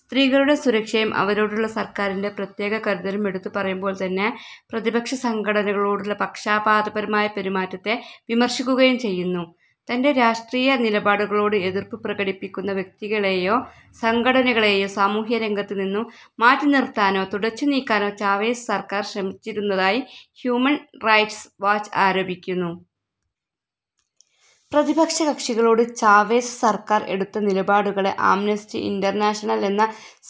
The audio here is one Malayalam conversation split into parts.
സ്ത്രീകളുടെ സുരക്ഷയും, അവരോടുള്ള സർക്കാരിന്റെ പ്രത്യേക കരുതലും എടുത്തു പറയുമ്പോൾ തന്നെ പ്രതിപക്ഷസംഘടനകളോടുള്ള പക്ഷാ പാതപരമായ പെരുമാറ്റത്തെ വിമർശിക്കുകയും ചെയ്യുന്നു. തൻ്റെ രാഷ്ട്രീയ നിലപാടുകളോട് എതിർപ്പു പ്രകടിപ്പിക്കുന്ന വ്യക്തികളേയോ സംഘടനകളേയോ സാമൂഹ്യരംഗത്ത് നിന്നും മാറ്റിനിർത്താനോ, തുടച്ചു നീക്കാനോ ചാവേസ് സർക്കാർ ശ്രമിച്ചിരുന്നതായി ഹ്യൂമൻ റൈറ്റ്സ് വാച്ച് ആരോപിക്കുന്നു. പ്രതിപക്ഷകക്ഷികളോട് ചാവേസ് സർക്കാർ എടുത്ത നിലപാടുകളെ ആംനസ്റ്റി ഇൻ്റർനാഷണൽ എന്ന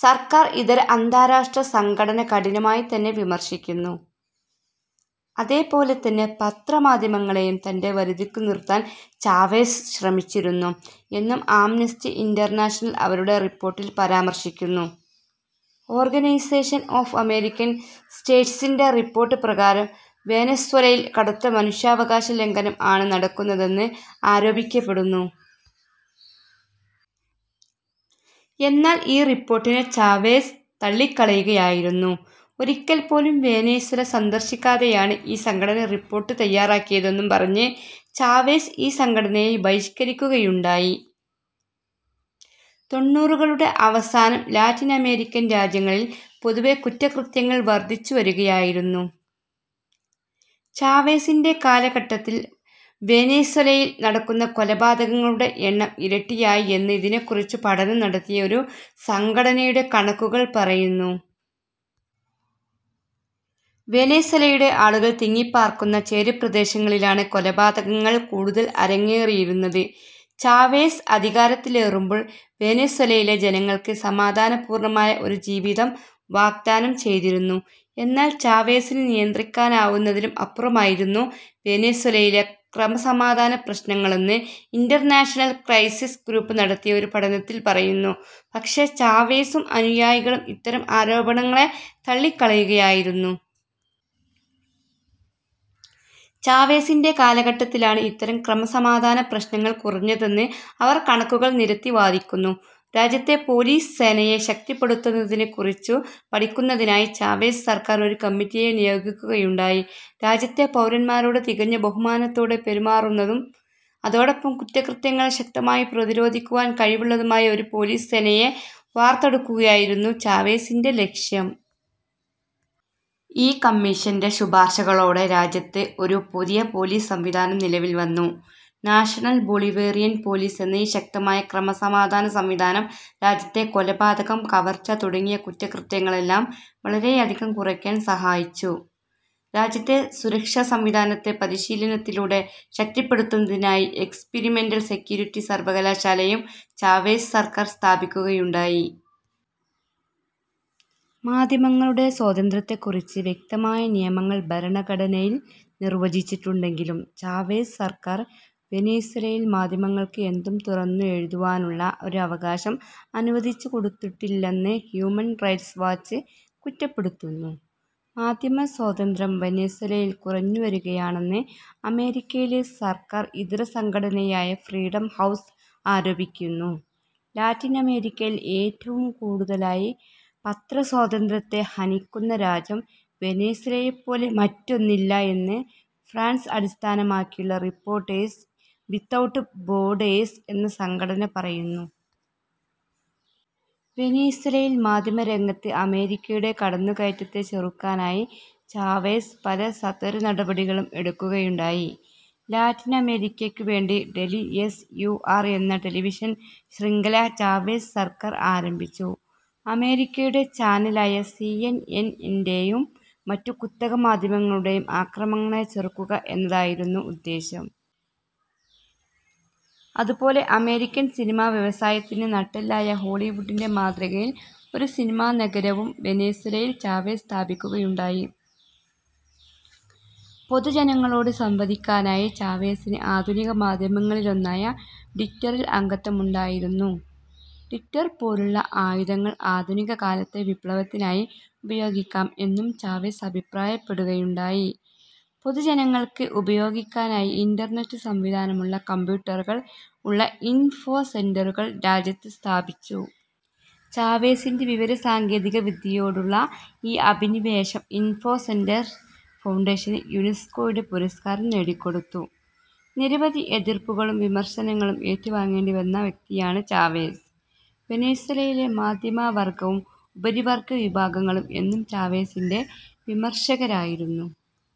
സർക്കാർ ഇതര അന്താരാഷ്ട്ര സംഘടന കഠിനമായി തന്നെ വിമർശിക്കുന്നു. അതേപോലെ തന്നെ പത്രമാധ്യമങ്ങളെയും തൻ്റെ വരുതിക്കു നിർത്താൻ ചാവേസ് ശ്രമിച്ചിരുന്നു എന്നും ആംനസ്റ്റി ഇൻ്റർനാഷണൽ അവരുടെ റിപ്പോർട്ടിൽ പരാമർശിക്കുന്നു. ഓർഗനൈസേഷൻ ഓഫ് അമേരിക്കൻ സ്റ്റേറ്റ്സിൻ്റെ റിപ്പോർട്ട് പ്രകാരം വേനസ്വലയിൽ കടുത്ത മനുഷ്യാവകാശലംഘനം ആണ് നടക്കുന്നതെന്ന് ആരോപിക്കപ്പെടുന്നു. എന്നാൽ ഈ റിപ്പോർട്ടിനെ ചാവേസ് തള്ളിക്കളയുകയായിരുന്നു. ഒരിക്കൽ പോലും വേനസ്വല സന്ദർശിക്കാതെയാണ് ഈ സംഘടന റിപ്പോർട്ട് തയ്യാറാക്കിയതെന്നും പറഞ്ഞ് ചാവേസ് ഈ സംഘടനയെ ബഹിഷ്കരിക്കുകയുണ്ടായി. തൊണ്ണുറുകളുടെ അവസാനം ലാറ്റിനമേരിക്കൻ രാജ്യങ്ങളിൽ പൊതുവേ കുറ്റകൃത്യങ്ങൾ വർദ്ധിച്ചുവരുകയായിരുന്നു. ചാവേസിൻ്റെ കാലഘട്ടത്തിൽ വേനേസ്വലയിൽ നടക്കുന്ന കൊലപാതകങ്ങളുടെ എണ്ണം ഇരട്ടിയായി എന്ന് ഇതിനെക്കുറിച്ചു പഠനം നടത്തിയ ഒരു സംഘടനയുടെ കണക്കുകൾ പറയുന്നു. വേനേസ്വലയുടെ ആളുകൾ തിങ്ങിപ്പാർക്കുന്ന ചേരിപ്രദേശങ്ങളിലാണ് കൊലപാതകങ്ങൾ കൂടുതൽ അരങ്ങേറിയിരുന്നത്. ചാവേസ് അധികാരത്തിലേറുമ്പോൾ വേനേസ്വലയിലെ ജനങ്ങൾക്ക് സമാധാനപൂർണ്ണമായ ഒരു ജീവീതം വാഗ്ദാനം ചെയ്തിരുന്നു. എന്നാൽ ചാവേസിനു നിയന്ത്രിക്കാനാവുന്നതിലും അപ്പുറമായിരുന്നു വേനേസ്വലയിലെ ക്രമസമാധാനപ്രശ്നങ്ങളെന്ന്, ഇന്റർനാഷണൽ ക്രൈസിസ് ഗ്രൂപ്പ് നടത്തിയ ഒരു പഠനത്തിൽ പറയുന്നു. പക്ഷേ ചാവേസും അനുയായികളും ഇത്തരം ആരോപണങ്ങളെ തള്ളിക്കളയുകയായിരുന്നു. ചാവേസിന്റെ കാലഘട്ടത്തിലാണ് ഇത്തരം ക്രമസമാധാനപ്രശ്നങ്ങൾ കുറഞ്ഞതെന്ന് അവർ കണക്കുകൾ നിരത്തി വാദിക്കുന്നു. രാജ്യത്തെ പോലീസ് സേനയെ ശക്തിപ്പെടുത്തുന്നതിനെക്കുറിച്ചു പഠിക്കുന്നതിനായി ചാവേസ് സർക്കാർ ഒരു കമ്മിറ്റിയെ നിയോഗിക്കുകയുണ്ടായി. രാജ്യത്തെ പൗരന്മാരോട് തികഞ്ഞ ബഹുമാനത്തോടെ പെരുമാറുന്നതും അതോടൊപ്പം കുറ്റകൃത്യങ്ങളെ ശക്തമായി പ്രതിരോധിക്കുവാൻ കഴിവുള്ളതുമായ ഒരു പോലീസ് സേനയെ വാർത്തെടുക്കുകയായിരുന്നു ചാവേസിന്റെ ലക്ഷ്യം. ഈ കമ്മീഷന്റെ ശുപാർശകളോടെ രാജ്യത്ത് ഒരു പുതിയ പോലീസ് സംവിധാനം നിലവിൽ വന്നു. നാഷണൽ ബൊളിവേറിയൻ പോലീസ് എന്ന ഈ ശക്തമായ ക്രമസമാധാന സംവിധാനം രാജ്യത്തെ കൊലപാതകം, കവർച്ച തുടങ്ങിയ കുറ്റകൃത്യങ്ങളെല്ലാം വളരെയധികം കുറക്കാൻ സഹായിച്ചു. രാജ്യത്തെ സുരക്ഷാസംവിധാനത്തെ പരിശീലനത്തിലൂടെ ശക്തിപ്പെടുത്തുന്നതിനായി എക്സിപിരിമെൻ്റൽ സെക്യൂരിറ്റി സർവ്വകലാശാലയും ചാവേസ് സർക്കാർ സ്ഥാപിക്കുകയുണ്ടായി. മാധ്യമങ്ങളുടെ സ്വാതന്ത്ര്യത്തെക്കുറിച്ച് വ്യക്തമായ നിയമങ്ങൾ ഭരണഘടനയിൽ നിർവചിച്ചിട്ടുണ്ടെങ്കിലും, ചാവേസ് സർക്കാർ വെനേസ്വലയിൽ മാധ്യമങ്ങൾക്ക് എന്തും തുറന്നു എഴുതുവാനുള്ള ഒരു അവകാശം അനുവദിച്ചുകൊടുത്തിട്ടില്ലെന്ന് ഹ്യൂമൻ റൈറ്റ്സ് വാച്ച് കുറ്റപ്പെടുത്തുന്നു. മാധ്യമസ്വാതന്ത്ര്യം വെനേസ്വലയിൽ കുറഞ്ഞുവരുകയാണെന്ന് അമേരിക്കയിലെ സർക്കാർ ഇതര സംഘടനയായ ഫ്രീഡം ഹൗസ് ആരോപിക്കുന്നു. ലാറ്റിനമേരിക്കയിൽ ഏറ്റവും കൂടുതലായി പത്രസ്വാതന്ത്ര്യത്തെ ഹനിക്കുന്ന രാജ്യം വെനേസ്വലയെപ്പോലെ മറ്റൊന്നില്ല എന്ന് ഫ്രാൻസ് അടിസ്ഥാനമാക്കിയുള്ള റിപ്പോർട്ടേഴ്സ് വിത്തൗട്ട് ബോർഡേഴ്സ് എന്ന സംഘടന പറയുന്നു. വെനേസ്വലയിൽ മാധ്യമരംഗത്ത് അമേരിക്കയുടെ കടന്നുകയറ്റത്തെ ചെറുക്കാനായി ചാവേസ് പല സത്വര നടപടികളും എടുക്കുകയുണ്ടായി. ലാറ്റിനമേരിക്കക്കു വേണ്ടി ടെലി എസ്. യു. ആർ എന്ന ടെലിവിഷൻ ശൃംഖല ചാവേസ് സർക്കാർ ആരംഭിച്ചു. അമേരിക്കയുടെ ചാനലായ സി. എൻ. എൻ ൻ്റെയും മറ്റു കുത്തക മാധ്യമങ്ങളുടേയും ആക്രമണങ്ങളെ ചെറുക്കുക എന്നതായിരുന്നു ഉദ്ദേശ്യം. അതുപോലെ അമേരിക്കൻ സിനിമാ വ്യവസായത്തിന്റെ നട്ടെല്ലായ ഹോളിവുഡിന്റെ മാതൃകയിൽ ഒരു സിനിമാ നഗരവും വെനേസ്വലയിൽ ചാവേസ് സ്ഥാപിക്കുകയുണ്ടായി. പൊതുജനങ്ങളോട് സംവദിക്കാനായി ചാവേസിന് ആധുനിക മാധ്യമങ്ങളിലൊന്നായ ട്വിറ്ററിൽ അംഗത്വമുണ്ടായിരുന്നു. ട്വിറ്റർ പോലുള്ള ആയുധങ്ങൾ ആധുനികകാലത്തെ വിപ്ലവത്തിനായി ഉപയോഗിക്കാം എന്നും ചാവേസ് അഭിപ്രായപ്പെടുകയുണ്ടായി. പൊതുജനങ്ങൾക്ക് ഉപയോഗിക്കാനായി ഇൻ്റർനെറ്റ് സംവിധാനമുള്ള കമ്പ്യൂട്ടറുകൾ ഉള്ള ഇൻഫോസെന്ററുകൾ രാജ്യത്ത് സ്ഥാപിച്ചു. ചാവേസിന്റെ വിവരസാങ്കേതികവിദ്യയോടുള്ള ഈ അഭിനിവേശം ഇൻഫോസെന്റർ ഫൗണ്ടേഷന് യുനെസ്കോയുടെ പുരസ്കാരം നേടിക്കൊടുത്തു. നിരവധി എതിർപ്പുകളും വിമർശനങ്ങളും ഏറ്റുവാങ്ങേണ്ടി വന്ന വ്യക്തിയാണ് ചാവേസ്. വെനേസ്വലയിലെ മധ്യവർഗ്ഗവും ഉപരിവർഗ്ഗ വിഭാഗങ്ങളും എന്നും ചാവേസിന്റെ വിമർശകരായിരുന്നു.